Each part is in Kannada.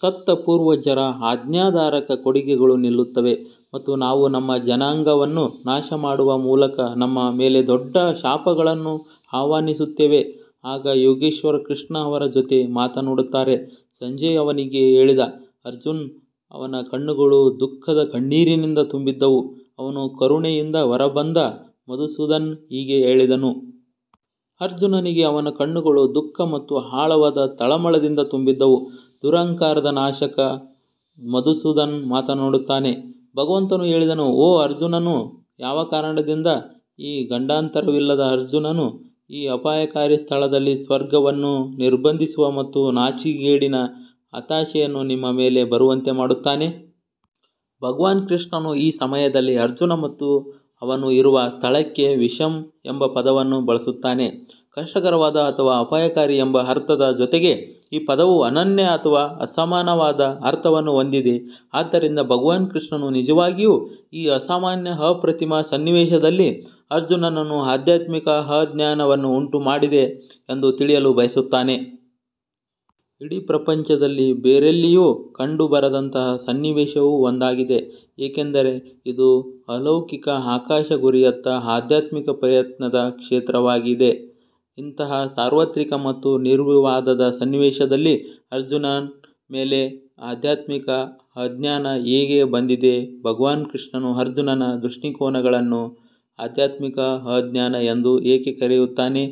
ಸತ್ತ ಪೂರ್ವಜರ ಆಜ್ಞಾಧಾರಕ ಕೊಡುಗೆಗಳು ನಿಲ್ಲುತ್ತವೆ ಮತ್ತು ನಾವು ನಮ್ಮ ಜನಾಂಗವನ್ನು ನಾಶಮಾಡುವ ಮೂಲಕ ನಮ್ಮ ಮೇಲೆ ದೊಡ್ಡ ಶಾಪಗಳನ್ನು ಆಹ್ವಾನಿಸುತ್ತೇವೆ ಆಗ ಯೋಗೇಶ್ವರ್ ಕೃಷ್ಣ ಅವರ ಜೊತೆ ಮಾತನಾಡುತ್ತಾರೆ ಸಂಜಯ್ ಅವನಿಗೆ ಹೇಳಿದ ಅರ್ಜುನ್ ಅವನ ಕಣ್ಣುಗಳು ದುಃಖದ ಕಣ್ಣೀರಿನಿಂದ ತುಂಬಿದ್ದವು, ಅವನು ಕರುಣೆಯಿಂದ ಹೊರಬಂದ ಮಧುಸೂದನ್ ಹೀಗೆ ಹೇಳಿದನು. ಅರ್ಜುನನಿಗೆ ಅವನ ಕಣ್ಣುಗಳು ದುಃಖ ಮತ್ತು ಆಳವಾದ ತಳಮಳದಿಂದ ತುಂಬಿದ್ದವು, ದುರಹಂಕಾರದ ನಾಶಕ ಮಧುಸೂದನ್ ಮಾತನಾಡುತ್ತಾನೆ. ಭಗವಂತನು ಹೇಳಿದನು ಓ ಅರ್ಜುನನು ಯಾವ ಕಾರಣದಿಂದ ಈ ಗಂಡಾಂತರವಿಲ್ಲದ ಅರ್ಜುನನು ಈ ಅಪಾಯಕಾರಿ ಸ್ಥಳದಲ್ಲಿ ಸ್ವರ್ಗವನ್ನು ನಿರ್ಬಂಧಿಸುವ ಮತ್ತು ನಾಚಿಕೆಗೇಡಿನ ಹತಾಶೆಯನ್ನು ನಿಮ್ಮ ಮೇಲೆ ಬರುವಂತೆ ಮಾಡುತ್ತಾನೆ ಭಗವಾನ್ ಕೃಷ್ಣನು ಆ ಸಮಯದಲ್ಲಿ ಅರ್ಜುನ್ ಮತ್ತು ಅವನು ಇರುವ ಸ್ಥಳಕ್ಕೆ ವಿಷಮ್ ಎಂಬ ಪದವನ್ನು ಬಳಸುತ್ತಾನೆ ಕಷ್ಟಕರವಾದ ಅಥವಾ ಅಪಾಯಕಾರಿ ಎಂಬ ಅರ್ಥದ ಜೊತೆಗೆ ಈ ಪದವು ಅನನ್ಯ ಅಥವಾ ಅಸಮಾನವಾದ ಅರ್ಥವನ್ನು ಹೊಂದಿದೆ ಆದ್ದರಿಂದ ಭಗವಾನ್ ಕೃಷ್ಣನು ನಿಜವಾಗಿಯೂ ಈ ಅಸಾಮಾನ್ಯ ಅಪ್ರತಿಮ ಸನ್ನಿವೇಶದಲ್ಲಿ ಅರ್ಜುನನಲ್ಲಿ ಆಧ್ಯಾತ್ಮಿಕ ಅಜ್ಞಾನವನ್ನು ಉಂಟುಮಾಡಿದೆ ಎಂದು ತಿಳಿಯಲು ಬಯಸುತ್ತಾನೆ. ಇಡೀ ಪ್ರಪಂಚದಲ್ಲಿ ಬೇರೆಲ್ಲಿಯೂ ಕಂಡುಬರದಂತಹ ಸನ್ನಿವೇಶವು ಒಂದಾಗಿದೆ ಏಕೆಂದರೆ ಇದು ಅಲೌಕಿಕ ಆಕಾಶ ಗುರಿಯತ್ತ ಆಧ್ಯಾತ್ಮಿಕ ಪ್ರಯತ್ನದ ಕ್ಷೇತ್ರವಾಗಿದೆ. ಇಂತಹ ಸಾರ್ವತ್ರಿಕ ಮತ್ತು ನಿರ್ವಿವಾದದ ಸನ್ನಿವೇಶದಲ್ಲಿ ಅರ್ಜುನ್ನ ಮೇಲೆ ಆಧ್ಯಾತ್ಮಿಕ ಅಜ್ಞಾನ ಹೇಗೆ ಬಂದಿದೆ ಭಗವಾನ್ ಕೃಷ್ಣನು ಅರ್ಜುನನ ದೃಷ್ಟಿಕೋನಗಳನ್ನು ಆಧ್ಯಾತ್ಮಿಕ ಅಜ್ಞಾನ ಎಂದು ಏಕೆ ಕರೆಯುತ್ತಾನೆ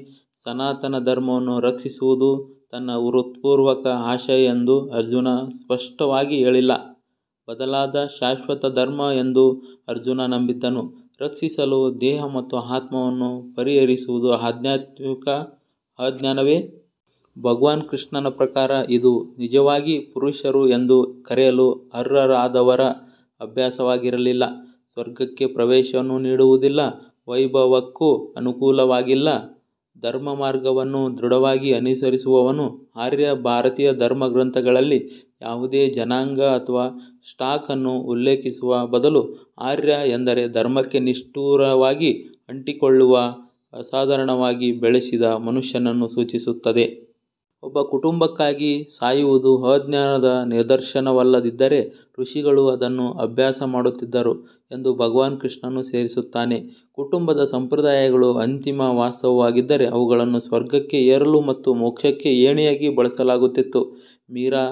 ಸನಾತನ ಧರ್ಮವನ್ನು ರಕ್ಷಿಸುವುದು ತನ್ನ ಹೃತ್ಪೂರ್ವಕ ಆಶಯ ಎಂದು ಅರ್ಜುನ್ ಸ್ಪಷ್ಟವಾಗಿ ಹೇಳಿಲ್ಲ ಬದಲಾಗದ ಶಾಶ್ವತ ಧರ್ಮ ಎಂದು ಅರ್ಜುನ್ ನಂಬಿದ್ದನ್ನು ರಕ್ಷಿಸಲು ದೇಹ ಮತ್ತು ಆತ್ಮವನ್ನು ಪರಿಹರಿಸುವುದು ಆಧ್ಯಾತ್ಮಿಕ ಅಜ್ಞಾನವೇ? ಭಗವಾನ್ ಕೃಷ್ಣನ ಪ್ರಕಾರ ಇದು ನಿಜವಾಗಿ ಪುರುಷರು ಎಂದು ಕರೆಯಲು ಅರ್ಹರಾದವರ ಅಭ್ಯಾಸವಾಗಿರಲಿಲ್ಲ. ಸ್ವರ್ಗಕ್ಕೆ ಪ್ರವೇಶವನ್ನೂ ನೀಡುವುದಿಲ್ಲ ವೈಭವಕ್ಕೂ ಅನುಕೂಲವಾಗಿಲ್ಲ ಧರ್ಮಮಾರ್ಗವನ್ನು ದೃಢವಾಗಿ ಅನುಸರಿಸುವವನು ಆರ್ಯ ಭಾರತೀಯ ಧರ್ಮಗ್ರಂಥಗಳಲ್ಲಿ ಯಾವುದೇ ಜನಾಂಗ ಅಥವಾ ಸ್ಟಾಕ್ ಅನ್ನು ಉಲ್ಲೇಖಿಸುವ ಬದಲು ಆರ್ಯ ಎಂದರೆ ಧರ್ಮಕ್ಕೆ ನಿಷ್ಠುರವಾಗಿ ಅಂಟಿಕೊಳ್ಳುವ ಅಸಾಧಾರಣವಾಗಿ ಬೆಳೆಸಿದ ಮನುಷ್ಯನನ್ನು ಸೂಚಿಸುತ್ತದೆ. ಒಬ್ಬ ಕುಟುಂಬಕ್ಕಾಗಿ ಸಾಯುವುದು ಅಜ್ಞಾನದ ನಿದರ್ಶನವಲ್ಲದಿದ್ದರೆ ಋಷಿಗಳು ಅದನ್ನು ಅಭ್ಯಾಸ ಮಾಡುತ್ತಿದ್ದರು ಎಂದು ಭಗವಾನ್ ಕೃಷ್ಣನು ಸೇರಿಸುತ್ತಾನೆ. ಕುಟುಂಬದ ಸಂಪ್ರದಾಯಗಳು ಅಂತಿಮ ವಾಸ್ತವವಾಗಿದ್ದರೆ ಅವುಗಳನ್ನು ಸ್ವರ್ಗಕ್ಕೆ ಏರಲು ಮತ್ತು ಮೋಕ್ಷಕ್ಕೆ ಏಣಿಯಾಗಿ ಬಳಸಲಾಗುತ್ತಿತ್ತು ಮೀರಾ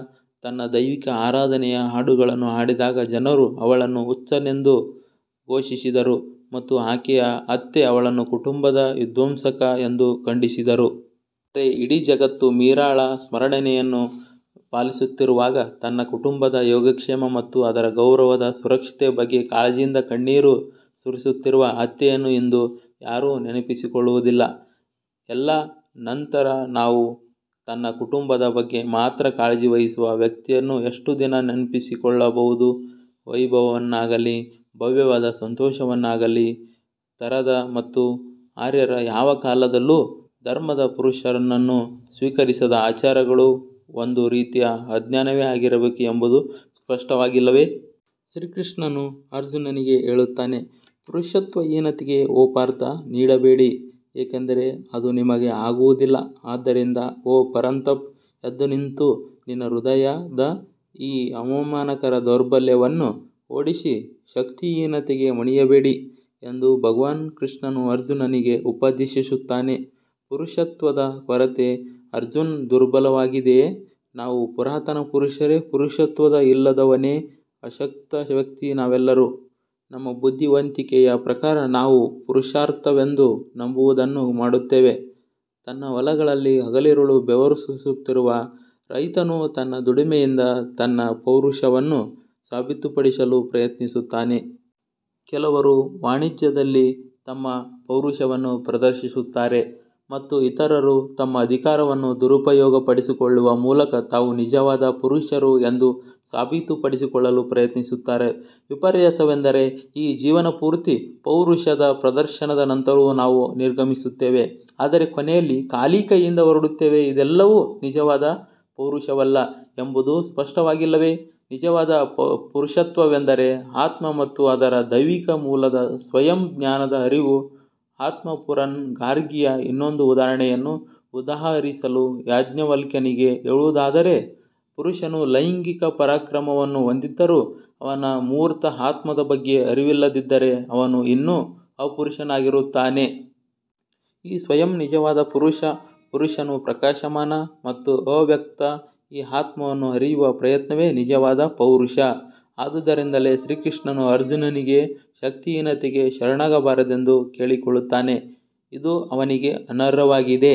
ತನ್ನ ದೈವಿಕ ಆರಾಧನೆಯ ಹಾಡುಗಳನ್ನು ಹಾಡಿದಾಗ ಜನರು ಅವಳನ್ನು ಹುಚ್ಚನೆಂದು ಘೋಷಿಸಿದರು ಮತ್ತು ಆಕೆಯ ಅತ್ತೆ ಅವಳನ್ನು ಕುಟುಂಬದ ವಿಧ್ವಂಸಕ ಎಂದು ಖಂಡಿಸಿದರು. ಆದರೆ ಇಡೀ ಜಗತ್ತು ಮೀರಾಳ ಸ್ಮರಣೆಯನ್ನು ಪಾಲಿಸುತ್ತಿರುವಾಗ ತನ್ನ ಕುಟುಂಬದ ಯೋಗಕ್ಷೇಮ ಮತ್ತು ಅದರ ಗೌರವದ ಸುರಕ್ಷತೆಯ ಬಗ್ಗೆ ಕಾಳಜಿಯಿಂದ ಕಣ್ಣೀರು ಸುರಿಸುತ್ತಿರುವ ಅತ್ತೆಯನ್ನು ಇಂದು ಯಾರೂ ನೆನಪಿಸಿಕೊಳ್ಳುವುದಿಲ್ಲ. ಎಲ್ಲಾ ನಂತರ ನಾವು ತನ್ನ ಕುಟುಂಬದ ಬಗ್ಗೆ ಮಾತ್ರ ಕಾಳಜಿ ವಹಿಸುವ ವ್ಯಕ್ತಿಯನ್ನು ಎಷ್ಟು ದಿನ ನೆನಪಿಸಿಕೊಳ್ಳಬಹುದು ವೈಭವವನ್ನಾಗಲಿ, ಭವ್ಯವಾದ ಸಂತೋಷವನ್ನಾಗಲಿ ತರದ ಮತ್ತು ಆರ್ಯರು ಯಾವ ಕಾಲದಲ್ಲೂ ಧರ್ಮದ ಪುರುಷನನ್ನು ಸ್ವೀಕರಿಸದ ಆಚಾರಗಳು ಒಂದು ರೀತಿಯ ಅಜ್ಞಾನವೇ ಆಗಿರಬೇಕು ಎಂಬುದು ಸ್ಪಷ್ಟವಾಗಿಲ್ಲವೇ? ಶ್ರೀಕೃಷ್ಣನು ಅರ್ಜುನನಿಗೆ ಹೇಳುತ್ತಾನೆ ಪುರುಷತ್ವಹೀನತೆಗೆ ಓ ಪಾರ್ಥ್ ನೀಡಬೇಡಿ ಏಕೆಂದರೆ ಅದು ನಿಮಗೆ ಆಗುವುದಿಲ್ಲ ಆದ್ದರಿಂದ ಓ ಪರಂತಪ್ ಎದ್ದುನಿಂತು ನಿನ್ನ ಹೃದಯದ ಈ ಅವಮಾನಕರ ದೌರ್ಬಲ್ಯವನ್ನು ಓಡಿಸಿ ಶಕ್ತಿಹೀನತೆಗೆ ಮಣಿಯಬೇಡಿ ಎಂದು ಭಗವಾನ್ ಕೃಷ್ಣನು ಅರ್ಜುನನಿಗೆ ಉಪದೇಶಿಸುತ್ತಾನೆ ಪುರುಷತ್ವದ ಕೊರತೆ ಅರ್ಜುನ್ ದುರ್ಬಲವಾಗಿದೆಯೇ ನಾವು ಪುರಾತನ ಪುರುಷರೇ ಪುರುಷತ್ವ ಇಲ್ಲದವನೇ ಅಶಕ್ತ ವ್ಯಕ್ತಿ ನಾವೆಲ್ಲರೂ ನಮ್ಮ ಬುದ್ಧಿವಂತಿಕೆಯ ಪ್ರಕಾರ ನಾವು ಪುರುಷಾರ್ಥವೆಂದು ನಂಬುವದನ್ನು ಮಾಡುತ್ತೇವೆ ತನ್ನ ಹೊಲಗಳಲ್ಲಿ ಹಗಲಿರುಳು ಬೆವರು ಸುರಿಸುತ್ತಿರುವ ರೈತನು ತನ್ನ ದುಡಿಮೆಯಿಂದ ತನ್ನ ಪೌರುಷವನ್ನು ಸಾಬೀತುಪಡಿಸಲು ಪ್ರಯತ್ನಿಸುತ್ತಾನೆ. ಕೆಲವರು ವಾಣಿಜ್ಯದಲ್ಲಿ ತಮ್ಮ ಪೌರುಷವನ್ನು ಪ್ರದರ್ಶಿಸುತ್ತಾರೆ ಮತ್ತು ಇತರರು ತಮ್ಮ ಅಧಿಕಾರವನ್ನು ದುರುಪಯೋಗಪಡಿಸಿಕೊಳ್ಳುವ ಮೂಲಕ ತಾವು ನಿಜವಾದ ಪುರುಷರು ಎಂದು ಸಾಬೀತುಪಡಿಸಲು ಪ್ರಯತ್ನಿಸುತ್ತಾರೆ. ವಿಪರ್ಯಾಸವೆಂದರೆ ಈ ಜೀವನಪೂರ್ತಿ ಪೌರುಷದ ಪ್ರದರ್ಶನದ ನಂತರವೂ ನಾವು ನಿರ್ಗಮಿಸುತ್ತೇವೆ ಆದರೆ ಕೊನೆಯಲ್ಲಿ ಖಾಲಿ ಕೈಯಿಂದ ಹೊರಡುತ್ತೇವೆ ಇದೆಲ್ಲವೂ ನಿಜವಾದ ಪೌರುಷವಲ್ಲ ಎಂಬುದು ಸ್ಪಷ್ಟವಾಗಿಲ್ಲವೇ ನಿಜವಾದ ಪುರುಷತ್ವವೆಂದರೆ ಆತ್ಮ ಮತ್ತು ಅದರ ದೈವಿಕ ಮೂಲದ ಸ್ವಯಂ ಜ್ಞಾನದ ಅರಿವು ಆತ್ಮಪುರನ್ ಗಾರ್ಗಿಯ ಇನ್ನೊಂದು ಉದಾಹರಣೆಯನ್ನು ಉದಾಹರಿಸಲು ಯಾಜ್ಞವಲ್ಕ್ಯನಿಗೆ ಹೇಳುವುದಾದರೆ, ಪುರುಷನು ಲೈಂಗಿಕ ಪರಾಕ್ರಮವನ್ನು ಹೊಂದಿದ್ದರೂ ಅವನು ಮೂರ್ತ ಆತ್ಮದ ಬಗ್ಗೆ ಅರಿವಿಲ್ಲದಿದ್ದರೆ ಅವನು ಇನ್ನೂ ಅಪುರುಷನಾಗಿರುತ್ತಾನೆ. ಈ ಸ್ವಯಂ ನಿಜವಾದ ಪುರುಷ ಪುರುಷನು ಪ್ರಕಾಶಮಾನ ಮತ್ತು ಅವ್ಯಕ್ತ ಈ ಆತ್ಮವನ್ನು ಅರಿಯುವ ಪ್ರಯತ್ನವೇ ನಿಜವಾದ ಪೌರುಷ ಆದುದರಿಂದಲೇ ಶ್ರೀಕೃಷ್ಣನು ಅರ್ಜುನನಿಗೆ ಶಕ್ತಿಹೀನತೆಗೆ ಶರಣಾಗಬಾರದೆಂದು ಕೇಳಿಕೊಳ್ಳುತ್ತಾನೆ ಇದು ಅವನಿಗೆ ಅನರ್ಹವಾಗಿದೆ.